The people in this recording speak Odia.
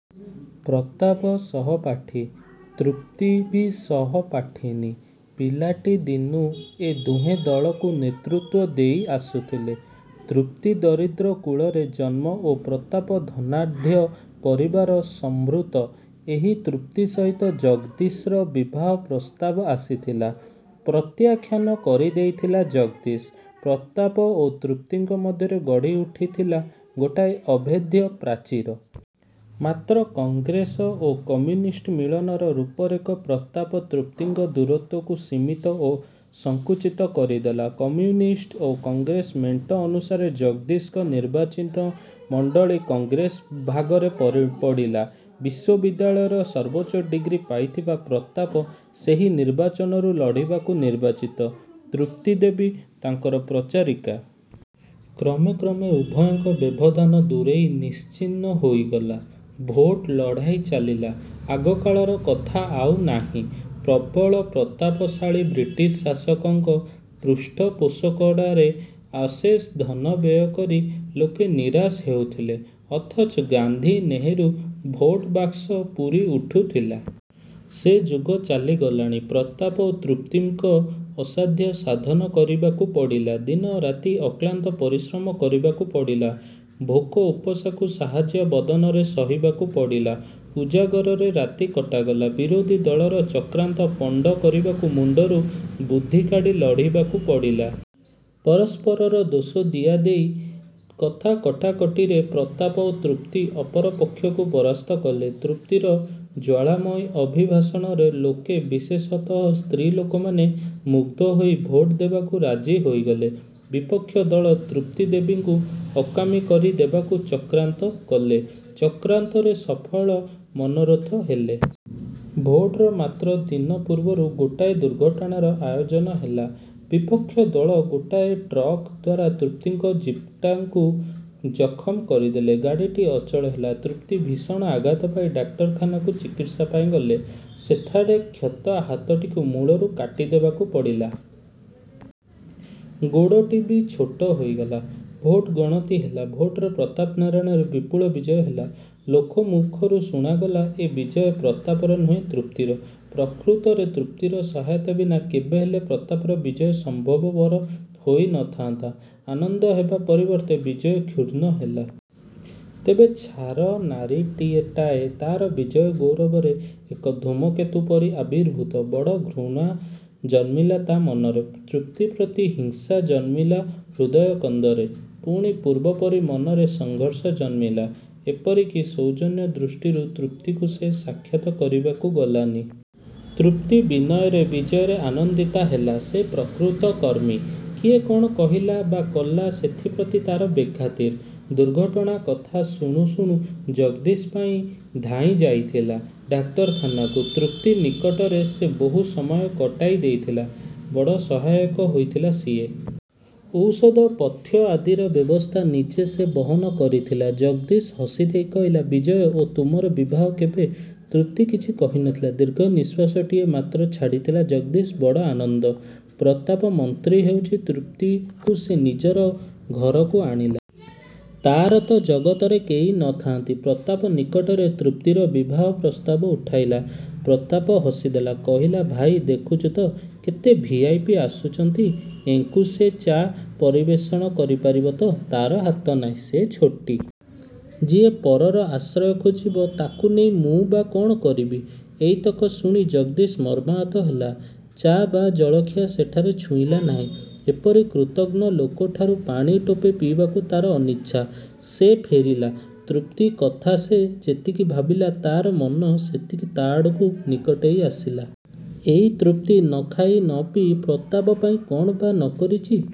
ପ୍ରତାପ ସହପାଠୀ। ତୃପ୍ତି ବି ସହପାଠିନୀ। ପିଲାଟିଦିନୁ ଏ ଦୁହେଁ ଦଳକୁ ନେତୃତ୍ୱ ଦେଇଆସୁଥିଲେ। ତୃପ୍ତି ଦରିଦ୍ର କୁଳରେ ଜନ୍ମ ଓ ପ୍ରତାପ ଧନାଢ଼୍ୟ ପରିବାର ସମ୍ଭୂତ-। ଏଇ ତୃପ୍ତି ସହିତ ଜଗଦୀଶର ବିବାହ ପ୍ରସ୍ତାବ ଆସିଥିଲା। ପ୍ରତ୍ୟାଖ୍ୟାନ କରିଦେଇଥିଲା ଜଗଦୀଶ। ପ୍ରତାପ ଓ ତୃପ୍ତିଙ୍କ ମଧ୍ୟରେ ଗଢ଼ି ଉଠିଥିଲା ଗୋଟାଏ ଅଭେଦ୍ୟ ପ୍ରାଚୀର-। ମାତ୍ର କଂଗ୍ରେସ ଓ କମ୍ୟୁନିଷ୍ଟ ମିଳନର ରୂପରେଖ ପ୍ରତାପ ତୃପ୍ତିଙ୍କ ଦୂରତ୍ୱକୁ ସୀମିତ ଓ ସଙ୍କୁଚିତ କରିଦେଲା। କମ୍ୟୁନିଷ୍ଟ ଓ କଂଗ୍ରେସ ମେଣ୍ଟ ଅନୁସାରେ ଜଗଦୀଶଙ୍କ ନିର୍ବାଚିନମଣ୍ତଳୀ କଂଗ୍ରେସ ଭାଗରେ ପଡ଼ିଲା। ବିଶ୍ୱବିଦ୍ୟାଳୟର ସର୍ବୋଚ୍ଚ ଡ଼ିଗ୍ରୀ ପାଇଥିବା ପ୍ରତାପ ସେହି ନିର୍ବାଚନରୁ ଲଢ଼ିବାକୁ ନିର୍ବାଚିତ। ତୃପ୍ତି ଦେବୀ ତାଙ୍କର ପ୍ରଚାରିକା। କ୍ରମେ କ୍ରମେ ଉଭୟଙ୍କ ବ୍ୟବଧାନ ଦୂରେଇ ନିଶ୍ଚିହ୍ନ ହୋଇଗଲା। ଭୋଟ ଲଢ଼ାଇ ଚାଲିଲା। ଆଗକାଳର କଥା ଆଉ ନାହିଁ। ପ୍ରବଳ ପ୍ରତାପଶାଳୀ ବ୍ରିଟିଶ ଶାସକଙ୍କ ପୃଷ୍ଠପୋଷକତାରେ ଅଶେଷ ଧନ ବ୍ୟୟ କରି ଲୋକେ ନିରାଶ ହେଉଥିଲେ। ଅଥଚ 'ଗାନ୍ଧୀ' ନେହେରୁ ଭୋଟ ବାକ୍ସ ପୁରି ଉଠୁଥିଲା। ସେ ଯୁଗ ଚାଲି ଗଲାଣି। ପ୍ରତାପ ଓ ତୃପ୍ତିଙ୍କୁ ଅସାଧ୍ୟ ସାଧନ କରିବାକୁ ପଡ଼ିଲା। ଦିନ ରାତି ଅକ୍ଲାନ୍ତ ପରିଶ୍ରମ କରିବାକୁ ପଡ଼ିଲା। ଭୋକ ଉପାସକୁ ସାହାସ୍ୟ ବଦନରେ ସହିବାକୁ ପଡ଼ିଲା। ଉଜାଗରରେ ରାତି କଟାଗଲା। ବିରୋଧୀ ଦଳର ଚକ୍ରାନ୍ତ ପଣ୍ତ କରିବାକୁ ମୁଣ୍ତରୁ ବୁଦ୍ଧି କାଢ଼ି ଲଢ଼ିବାକୁ ପଡ଼ିଲା। ପରସ୍ପରର ଦୋଷ ଦିଆଦେଇ, କଥା କଟାକଟିରେ ପ୍ରତାପ ଓ ତୃପ୍ତି ଅପରପକ୍ଷକୁ ପରାସ୍ତ କଲେ। ତୃପ୍ତିର ଜ୍ୱାଳାମୟୀ ଅଭିଭାଷଣରେ ଲୋକେ ବିଶେଷତଃ ସ୍ତ୍ରୀ ଲୋକମାନେ ମୁଗ୍ଧ ହୋଇ ଭୋଟ ଦେବାକୁ ରାଜି ହୋଇଗଲେ। ବିପକ୍ଷଦଳ ତୃପ୍ତି ଦେବୀଙ୍କୁ ଅକାମୀ କରି ଦେବାକୁ। ଚକ୍ରାନ୍ତ କଲେ। ଚକ୍ରାନ୍ତରେ ସଫଳ ମନୋରଥ ହେଲେ। ଭୋଟର ମାତ୍ର ଦିନ ପୂର୍ବରୁ ଗୋଟାଏ ଦୁର୍ଘଟଣାର ଆୟୋଜନ ହେଲା-। ବିପକ୍ଷ ଦଳ ଗୋଟାଏ ଟ୍ରକ୍ ଦ୍ୱାରା ତୃପ୍ତିଙ୍କ ଜିପ୍ଟାକୁ ଜଖମ କରିଦେଲେ। ଗାଡ଼ିଟି ଅଚଳ ହେଲା-। ତୃପ୍ତି ଭୀଷଣ ଆଘାତ ପାଇ ଡାକ୍ତରଖାନାକୁ ଚିକିତ୍ସା ପାଇଁ ଗଲେ। ସେଠାରେ କ୍ଷତ ହାତଟିକୁ ମୂଳରୁ କାଟି ଦେବାକୁ ପଡ଼ିଲା। ଗୋଡ଼ଟି ବି ଛୋଟ ହୋଇଗଲା। ଭୋଟ ଗଣତି ହେଲା। ଭୋଟରେ ପ୍ରତାପ ନାରାୟଣର ବିପୁଳ ବିଜୟ ହେଲା। ଲୋକ ମୁଖରୁ ଶୁଣାଗଲା—ଏ ବିଜୟ ପ୍ରତାପର ନୁହେ ତୃପ୍ତିର। ପ୍ରକୃତରେ ତୃପ୍ତିର ସହାୟତା ବିନା କେବେହେଲେ ପ୍ରତାପର ବିଜୟ ସମ୍ଭବ ପର ହୋଇ ନ ଥାଆନ୍ତା। ଆନନ୍ଦ ହେବା ପରିବର୍ତ୍ତେ ବିଜୟ କ୍ଷୁର୍ଣ୍ଣ ହେଲା। ତେବେ ଛାର ନାରୀଟାଏ ତାର ବିଜୟ ଗୌରବରେ ଏକ ଧୂମକେତୁ ପରି ଆବିର୍ଭୂତା। ବଡ଼ ଘୃଣା ଜନ୍ମିଲା ତା ମନରେ। ତୃପ୍ତି ପ୍ରତି ହିଂସା ଜନ୍ମିଲା ହୃଦୟ କନ୍ଦରରେ। ପୁଣି ପୂର୍ବ ପରି ମନରେ ସଂଘର୍ଷ ଜନ୍ମିଲା। ଏପରି କି ସୌଜନ୍ୟ ଦୃଷ୍ଟିରୁ ତୃପ୍ତିକୁ ସେ ସାକ୍ଷାତ କରିବାକୁ ଗଲାନି। ତୃପ୍ତି ବିନୟରେ ବିଜୟରେ ଆନନ୍ଦିତା ହେଲା। ସେ ପ୍ରକୃତ କର୍ମୀ। କିଏ କ'ଣ କହିଲା ବା କଲା ସେଥିପ୍ରତି ତାର ବେଖାତିର। ଦୁର୍ଘଟଣା କଥା ଶୁଣୁ ଶୁଣୁ ଜଗଦୀଶ ଧାଇଁ ଯାଇଥିଲା ଡାକ୍ତରଖାନାକୁ। ତୃପ୍ତି ନିକଟରେ ସେ ବହୁ ସମୟ କଟାଇ ଦେଇଥିଲା। ବଡ଼ ସହାୟକ ହୋଇଥିଲା ସିଏ। ଔଷଧ, ପଥ୍ୟ ଆଦିର ବ୍ୟବସ୍ଥା ନିଜେ ସେ ବହନ କରିଥିଲା। ଜଗଦୀଶ ହସିଦେଇ କହିଲା—ବିଜୟ ଓ ତୁମର ବିବାହ କେବେ? ତୃପ୍ତି କିଛି କହି ନ ଥିଲା। ଦୀର୍ଘ ନିଃଶ୍ୱାସଟିଏ ମାତ୍ର ଛାଡ଼ିଥିଲା। ଜଗଦୀଶ ବଡ଼ ଆନନ୍ଦ। ପ୍ରତାପ ମନ୍ତ୍ରୀ ହେଉଛି। ତୃପ୍ତିକୁ ସେ ନିଜ ଘରକୁ ଆଣିଲା। ତାର ତ ଜଗତରେ କେହି ନ ଥାଆନ୍ତି, ପ୍ରତାପ ନିକଟରେ ତୃପ୍ତିର ବିବାହ ପ୍ରସ୍ତାବ ଉଠାଇଲା। ପ୍ରତାପ ହସିଦେଲା, କହିଲା—ଭାଇ ଦେଖୁଚୁ ତ କେତେ ଭି. ଆଇ. ପି. ଆସୁଛନ୍ତି। ଏଙ୍କୁ ସେ ଚା ପରିବେଷଣ କରି ପାରିବ ତ? ତାର ହାତ ନାହିଁ, ସେ ଛୋଟୀ। ଯିଏ ପରର ଆଶ୍ରୟ ଖୋଜିବ ତାକୁ ନେଇ ମୁଁ ବା କ'ଣ କରିବି? ଏଇତକ ଶୁଣି ଜଗଦୀଶ ମର୍ମାହତ ହେଲା। ଚା ବା ଜଳଖିଆ ସେଠାରେ ଛୁଇଁଲା ନାହିଁ। ଏପରି କୃତଘ୍ନ ଲୋକଠାରୁ ପାଣି ଟୋପେ ପିଇବାକୁ ତାର ଅନିଚ୍ଛା। ସେ ଫେରିଲା। ତୃପ୍ତି କଥା ସେ ଯେତିକି ଭାବିଲା, ତାର ମନ ସେତିକି ତା ଆଡ଼କୁ ନିକଟେଇ ଆସିଲା। ଏଇ ତୃପ୍ତି, ନ ଖାଇ ନ ପିଇ, ପ୍ରତାପ ପାଇଁ କ'ଣ ବା ନ କରିଚି?